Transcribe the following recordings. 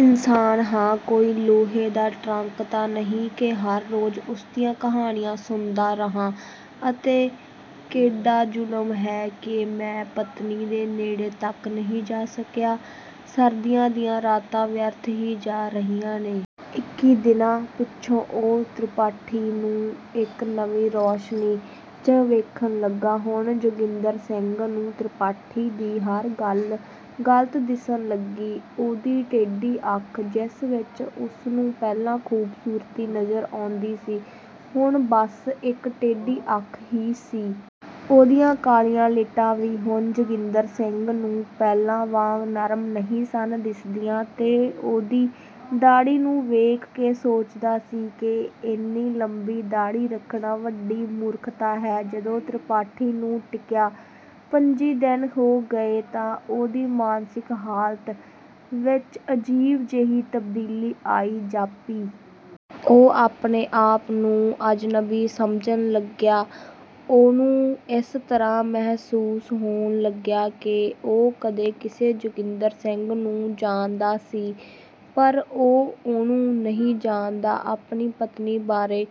ਇਨਸਾਨ ਹਾਂ, ਕੋਈ ਲੋਹੇ ਦਾ ਟਰੰਕ ਤਾਂ ਨਹੀਂ ਕਿ ਹਰ ਰੋਜ਼ ਉਹਦੀਆਂ ਕਹਾਣੀਆਂ ਸੁਣਦਾ ਰਹਾਂ ਅਤੇ ਅਤੇ ਕੇਡਾ ਜ਼ੁਲਮ ਹੈ ਕਿ ਮੈਂ ਪਤਨੀ ਦੇ ਨੇੜੇ ਤਕ ਨਹੀਂ ਜਾ ਸਕਿਆ। ਸਰਦੀਆਂ ਦੀਆਂ ਰਾਤਾਂ ਵਿਅਰਥ ਹੀ ਜਾ ਰਹੀਆਂ ਨੇ। ਇੱਕੀ ਦਿਨਾਂ ਪਿੱਛੋਂ ਉਹ ਤ੍ਰਿਪਾਠੀ ਨੂੰ ਇਕ ਨਵੀਂ ਰੌਸ਼ਨੀ ’ਚ ਵੇਖਣ ਲੱਗਾ। ਹੁਣ ਜੋਗਿੰਦਰ ਸਿੰਘ ਨੂੰ ਤ੍ਰਿਪਾਠੀ ਦੀ ਹਰ ਗੱਲ ਗਲਤ ਦਿਸਣ ਲੱਗੀ। ਉਹਦੀ ਟੇਢੀ ਅੱਖ, ਜਿਸ ਵਿੱਚ ਉਹਨੂੰ ਪਹਿਲਾਂ ਖੂਬਸੂਰਤੀ ਨਜ਼ਰ ਆਉਂਦੀ ਸੀ, ਹੁਣ ਬੱਸ ਇੱਕ ਟੇਢੀ ਅੱਖ ਹੀ ਸੀ। ਉਹਦੀਆਂ ਕਾਲੀਆਂ ਲਿਟਾਂ ਵੀ ਹੁਣ ਜੋਗਿੰਦਰ ਸਿੰਘ ਨੂੰ ਪਹਿਲਾਂ ਵਾਂਗ ਨਰਮ ਨਹੀਂ ਸਨ ਦਿਸਦੀਆਂ ਤੇ ਉਹਦੀ ਦਾੜ੍ਹੀ ਨੂੰ ਵੇਖ ਕੇ ਸੋਚਦਾ ਸੀ ਕਿ ਇੰਨੀ ਲੰਬੀ ਦਾੜ੍ਹੀ ਰੱਖਣਾ ਵੱਡੀ ਮੂਰਖਤਾ ਹੈ। ਜਦੋਂ ਤ੍ਰਿਪਾਠੀ ਨੂੰ ਟਿਕਿਆਂ ਪੰਝੀ ਦਿਨ ਹੋ ਗਏ ਤਾਂ ਉਹਦੀ ਮਾਨਸਿਕ ਹਾਲਤ ਵਿੱਚ ਅਜੀਬ ਜਿਹੀ ਤਬਦੀਲੀ ਆਈ ਜਾਪੀ। ਉਹ ਆਪਣੇ ਆਪ ਨੂੰ ਅਜਨਬੀ ਸਮਝਣ ਲੱਗਿਆ। ਉਹਨੂੰ ਇਸ ਤਰ੍ਹਾਂ ਮਹਿਸੂਸ ਹੋਣ ਲੱਗਿਆ ਕਿ ਉਹ ਕਦੇ ਕਿਸੇ ਜੋਗਿੰਦਰ ਸਿੰਘ ਨੂੰ ਜਾਣਦਾ ਸੀ ਪਰ ਉਹ ਉਹਨੂੰ ਨਹੀਂ ਜਾਣਦਾ। ਆਪਣੀ ਪਤਨੀ ਬਾਰੇ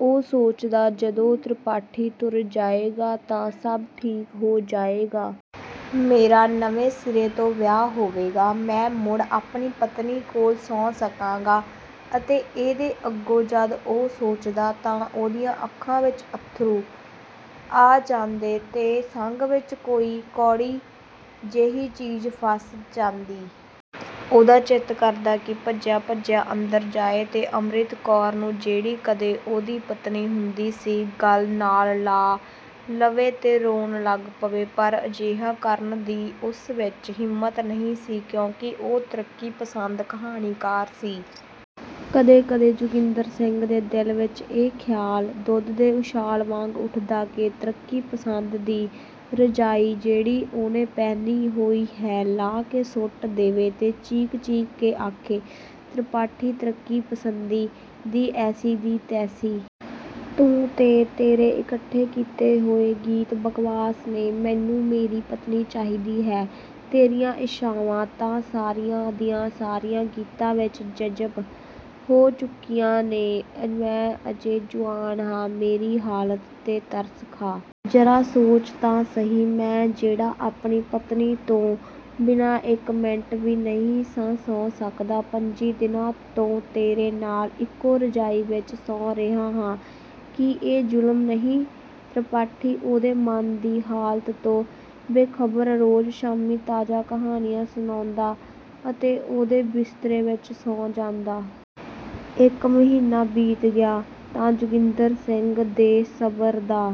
ਉਹ ਸੋਚਦਾ, ਜਦੋਂ ਤ੍ਰਿਪਾਠੀ ਤੁਰ ਜਾਏਗਾ ਤਾਂ ਸਭ ਠੀਕ ਹੋ ਜਾਏਗਾ। ਮੇਰਾ ਨਵੇਂ ਸਿਰੇ ਤੋਂ ਵਿਆਹ ਹੋਵੇਗਾ। ਮੈਂ ਮੁੜ ਆਪਣੀ ਪਤਨੀ ਕੋਲ ਸੌਂ ਸਕਾਂਗਾ ਅਤੇ ਇਹਦੇ ਅੱਗੋਂ ਜਦ ਉਹ ਸੋਚਦਾ ਤਾਂ ਉਹਦੀਆਂ ਅੱਖਾਂ ਵਿੱਚ ਅੱਥਰੂ ਆ ਜਾਂਦੇ ਤੇ ਸੰਘ ਵਿੱਚ ਕੋਈ ਕੌੜੀ ਜਿਹੀ ਚੀਜ਼ ਫਸ ਜਾਂਦੀ। ਉਹਦਾ ਚਿੱਤ ਕਰਦਾ ਕਿ ਭੱਜਿਆ-ਭੱਜਿਆ ਅੰਦਰ ਜਾਏ ਤੇ ਅੰਮ੍ਰਿਤ ਕੌਰ ਨੂੰ, ਜਿਹੜੀ ਕਦੇ ਉਹਦੀ ਪਤਨੀ ਹੁੰਦੀ ਸੀ, ਗਲ ਨਾਲ ਲਾ ਲਵੇ ਤੇ ਰੋਣ ਲੱਗ ਪਏ। ਪਰ ਅਜਿਹਾ ਕਰਨ ਦੀ ਉਸ ਵਿੱਚ ਹਿੰਮਤ ਨਹੀਂ ਸੀ ਕਿਉਂਕਿ ਉਹ ਤਰੱਕੀਪਸੰਦ ਕਹਾਣੀਕਾਰ ਸੀ। ਕਦੇ-ਕਦੇ ਜੋਗਿੰਦਰ ਸਿੰਘ ਦੇ ਦਿਲ ਵਿੱਚ ਇਹ ਖ਼ਿਆਲ ਦੁੱਧ ਦੇ ਉਛਾਲ ਵਾਂਗ ਉੱਠਦਾ ਕਿ ਤਰੱਕੀਪਸੰਦ ਦੀ ਰਜ਼ਾਈ ਜਿਹੜੀ ਉਹਨੇ ਪਹਿਨੀ ਹੋਈ ਹੈ, ਲਾਹ ਕੇ ਸੁੱਟ ਦੇਵੇ ਅਤੇ ਚੀਕ-ਚੀਕ ਕੇ ਆਖੇ, ਤ੍ਰਿਪਾਠੀ, ਤਰੱਕੀਪਸੰਦੀ ਦੀ ਐਸੀ ਦੀ ਤੈਸੀ। ਤੂੰ ਤੇ ਤੇਰੇ ਇਕੱਠੇ ਕੀਤੇ ਹੋਏ ਗੀਤ ਬਕਵਾਸ ਨੇ, ਮੈਨੂੰ ਮੇਰੀ ਪਤਨੀ ਚਾਹੀਦੀ ਹੈ। ਤੇਰੀਆਂ ਇੱਛਾਵਾਂ ਤਾਂ ਸਾਰੀਆਂ ਦੀਆਂ ਸਾਰੀਆਂ ਗੀਤਾਂ ਵਿੱਚ ਜਜ਼ਬ ਹੋ ਚੁੱਕੀਆਂ ਨੇ। ਮੈਂ ਅਜੇ ਜੁਆਨ ਹਾਂ, ਮੇਰੀ ਹਾਲਤ ’ਤੇ ਤਰਸ ਖਾ। ਜ਼ਰਾ ਸੋਚ ਤਾਂ ਸਹੀ, ਮੈਂ ਜਿਹੜਾ ਆਪਣੀ ਪਤਨੀ ਤੋਂ ਬਿਨਾਂ ਇੱਕ ਮਿੰਟ ਵੀ ਨਹੀਂ ਸਾਂ ਸੌਂ ਸਕਦਾ, ਪੰਝੀ ਦਿਨਾਂ ਤੋਂ ਤੇਰੇ ਨਾਲ ਇੱਕੋ ਰਜ਼ਾਈ ਵਿੱਚ ਸੌਂ ਰਿਹਾ ਹਾਂ। ਕੀ ਇਹ ਜ਼ੁਲਮ ਨਹੀਂ? ਤ੍ਰਿਪਾਠੀ ਉਹਦੇ ਮਨ ਦੀ ਹਾਲਤ ਤੋਂ ਬੇਖਬਰ ਰੋਜ਼ ਸ਼ਾਮੀਂ ਤਾਜ਼ਾ ਕਹਾਣੀਆਂ ਸੁਣਾਉਂਦਾ ਅਤੇ ਉਹਦੇ ਬਿਸਤਰੇ ਵਿੱਚ ਸੌਂ ਜਾਂਦਾ। ਇੱਕ ਮਹੀਨਾ ਬੀਤ ਗਿਆ ਤਾਂ ਜੋਗਿੰਦਰ ਸਿੰਘ ਦੇ ਸਬਰ ਦਾ